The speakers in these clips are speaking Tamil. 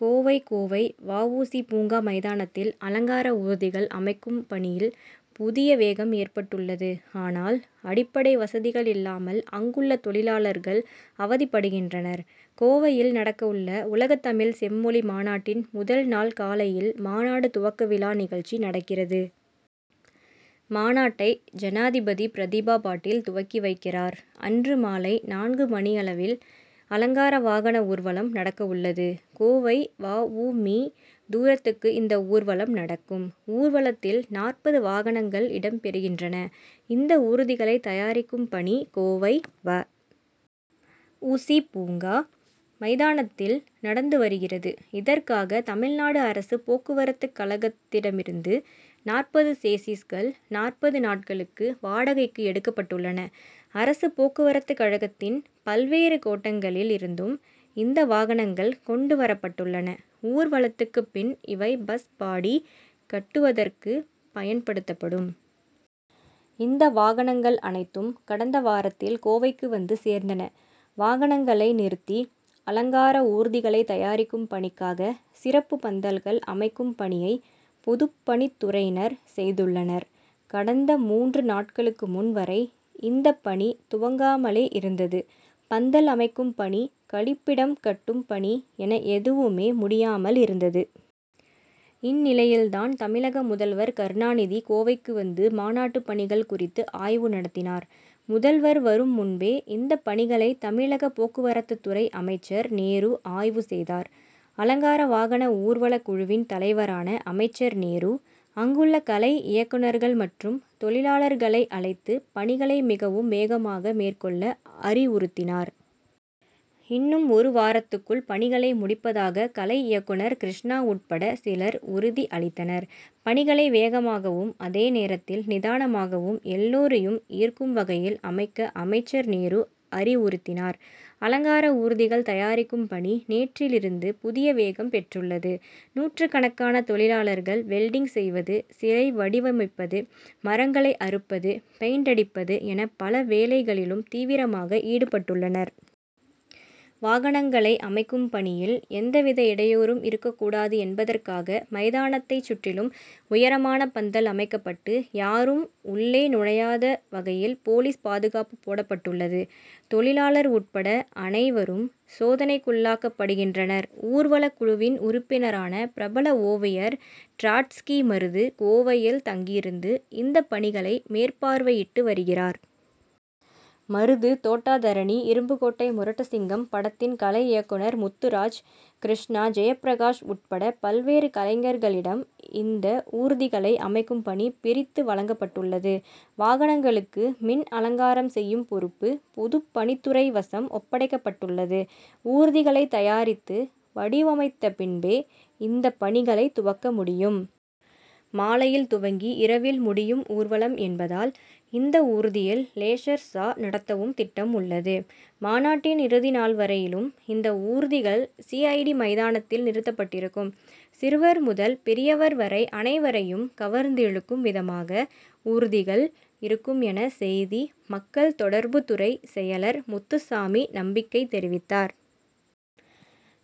கோவை கோவை வ. உ. சி., பூங்கா மைதானத்தில், அலங்கார ஊர்திகள் அமைக்கும் பணியில் புதிய வேகம் ஏற்பட்டுள்ளது ஆனால், அடிப்படை வசதிகள் இல்லாமல் அங்குள்ள தொழிலாளர்கள் அவதிப்படுகின்றனர். கோவையில் நடக்கவுள்ள உலகத்தமிழ் செம்மொழி மாநாட்டின் முதல் நாள் காலையில் மாநாடு துவக்க விழா நிகழ்ச்சி நடக்கிறது. மாநாட்டை ஜனாதிபதி பிரதிபா பாட்டீல் துவக்கி வைக்கிறார். அன்று மாலை நான்கு மணியளவில், அலங்கார வாகன ஊர்வலம் நடக்கவுள்ளது. கோவை வ. உ. மீ., தூரத்துக்கு இந்த ஊர்வலம் நடக்கும். ஊர்வலத்தில், நாற்பது வாகனங்கள் இடம் பெறுகின்றன. இந்த ஊர்திகளைத் தயாரிக்கும் பணி, கோவை வ. உ. சி., பூங்கா மைதானத்தில் நடந்து வருகிறது. இதற்காக, தமிழ்நாடு அரசு போக்குவரத்துக்கழகத்திடமிருந்து நாற்பது சேஸீஸ்கள், நாற்பது நாட்களுக்கு வாடகைக்கு எடுக்கப்பட்டுள்ளன. அரசு போக்குவரத்துக்கழகத்தின் பல்வேறு கோட்டங்களில் இருந்தும், இந்த வாகனங்கள் கொண்டு வரப்பட்டுள்ளன. ஊர்வலத்துக்குப் பின், இவை பஸ் பாடி' கட்டுவதற்கு பயன் படுத்தப்படும். இந்த வாகனங்கள் அனைத்தும், கடந்த வாரத்தில் கோவைக்கு வந்து சேர்ந்தன. வாகனங்களை நிறுத்தி, அலங்கார ஊர்திகளைத்தயாரிக்கும் பணிக்காக சிறப்புப் பந்தல்கள் அமைக்கும் பணியை, பொதுப்பணித்துறையினர் செய்துள்ளனர். கடந்த மூன்று நாட்களுக்கு முன் வரை, இந்தப் பணி துவங்காமலே இருந்தது. பந்தல் அமைக்கும் பணி, கழிப்பிடம் கட்டும் பணி என எதுவுமே முடியாமல் இருந்தது. இந்நிலையில்தான் தமிழக முதல்வர் கருணாநிதி, கோவைக்கு வந்து, மாநாட்டுப் பணிகள் குறித்து ஆய்வு நடத்தினார். முதல்வர் வரும் முன்பே, இந்த பணிகளை தமிழக போக்குவரத்துத்துறை அமைச்சர் நேரு ஆய்வு செய்தார். அலங்கார வாகன ஊர்வலக் குழுவின் தலைவரான அமைச்சர் நேரு, அங்குள்ள கலை இயக்குனர்கள் மற்றும் தொழிலாளர்களை அழைத்து, பணிகளை மிகவும் வேகமாக மேற்கொள்ள அறிவுறுத்தினார். இன்னும் ஒரு வாரத்துக்குள் பணிகளை முடிப்பதாக கலை இயக்குனர் கிருஷ்ணா உட்பட சிலர் உறுதி அளித்தனர். பணிகளை வேகமாகவும், அதே நேரத்தில் நிதானமாகவும் எல்லோரையும் ஈர்க்கும் வகையில் அமைக்க அமைச்சர் நேரு அறிவுறுத்தினார். அலங்கார ஊர்திகள் தயாரிக்கும் பணி, நேற்றிலிருந்து புதிய வேகம் பெற்றுள்ளது. நூற்றுக்கணக்கான தொழிலாளர்கள், வெல்டிங் செய்வது, சிலை வடிவமைப்பது, மரங்களை அறுப்பது, பெயின்ட் அடிப்பது என பல வேலைகளிலும் தீவிரமாக ஈடுபட்டுள்ளனர். வாகனங்களை அமைக்கும் பணியில், எந்தவித இடையூறும் இருக்கக்கூடாது என்பதற்காக மைதானத்தைச் சுற்றிலும் உயரமான பந்தல் அமைக்கப்பட்டு, யாரும் உள்ளே நுழையாத வகையில் போலீஸ் பாதுகாப்பு போடப்பட்டுள்ளது. தொழிலாளர் உட்பட அனைவரும் சோதனைக்குள்ளாக்கப்படுகின்றனர். ஊர்வலக் குழுவின் உறுப்பினரான பிரபல ஓவியர் டிராட்ஸ்கி மருது, கோவையில் தங்கியிருந்து இந்தப் பணிகளை மேற்பார்வையிட்டு வருகிறார். மருது, தோட்டா தரணி, இரும்புக்கோட்டை முரட்டு சிங்கம் படத்தின் கலை இயக்குனர் முத்துராஜ், கிருஷ்ணா, ஜெயப்பிரகாஷ் உட்பட பல்வேறு கலைஞர்களிடம் இந்த ஊர்திகளை அமைக்கும் பணி, பிரித்து வழங்கப்பட்டுள்ளது. வாகனங்களுக்கு மின் அலங்காரம் செய்யும் பொறுப்பு, பொதுப்பணித்துறை வசம் ஒப்படைக்கப்பட்டுள்ளது. ஊர்திகளைத் தயாரித்து வடிவமைத்தபின்பே, இந்த பணிகளைத் துவக்க முடியும். மாலையில் துவங்கி இரவில் முடியும் ஊர்வலம் என்பதால், இந்த ஊர்தியில் லேசர் ஷா' நடத்தவும் திட்டம் உள்ளது. மாநாட்டின் இறுதி நாள் வரையிலும் இந்த ஊர்திகள், சி. ஐ. டி.,மைதானத்தில் நிறுத்தப்பட்டிருக்கும். சிறுவர் முதல் பெரியவர் வரை அனைவரையும் கவர்ந் திழுக்கும் விதமாக, ஊர்திகள் இருக்கும் என, செய்தி மக்கள் தொடர்புத்துறை செயலர் முத்துச்சாமி நம்பிக்கை தெரிவித்தார்.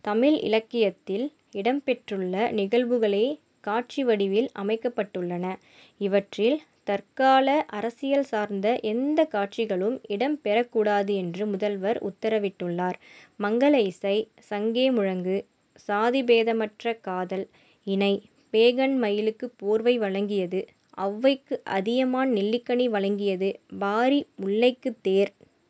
தமிழ் இலக்கியத்தில் இடம் பெற்றுள்ள நிகழ்வுகளே, காட்சி வடிவில் அமைக்கப்படவுள்ளன. இவற்றில், தற்கால அரசியல் சார்ந்த எந்தக் காட்சிகளும் இடம் பெறக்கூடாது என்று முதல்வர் உத்தரவிட்டுள்ளார். மங்கள இசை, சங்கே முழங்கு, சாதிபேதமற்ற காதல் இணை, பேகன் மயிலுக்கு போர்வை வழங்கியது, அவ்வைக்கு அதியமான் நெல்லிக்கனி வழங்கியது, பாரி முல்லைக்கு தேர்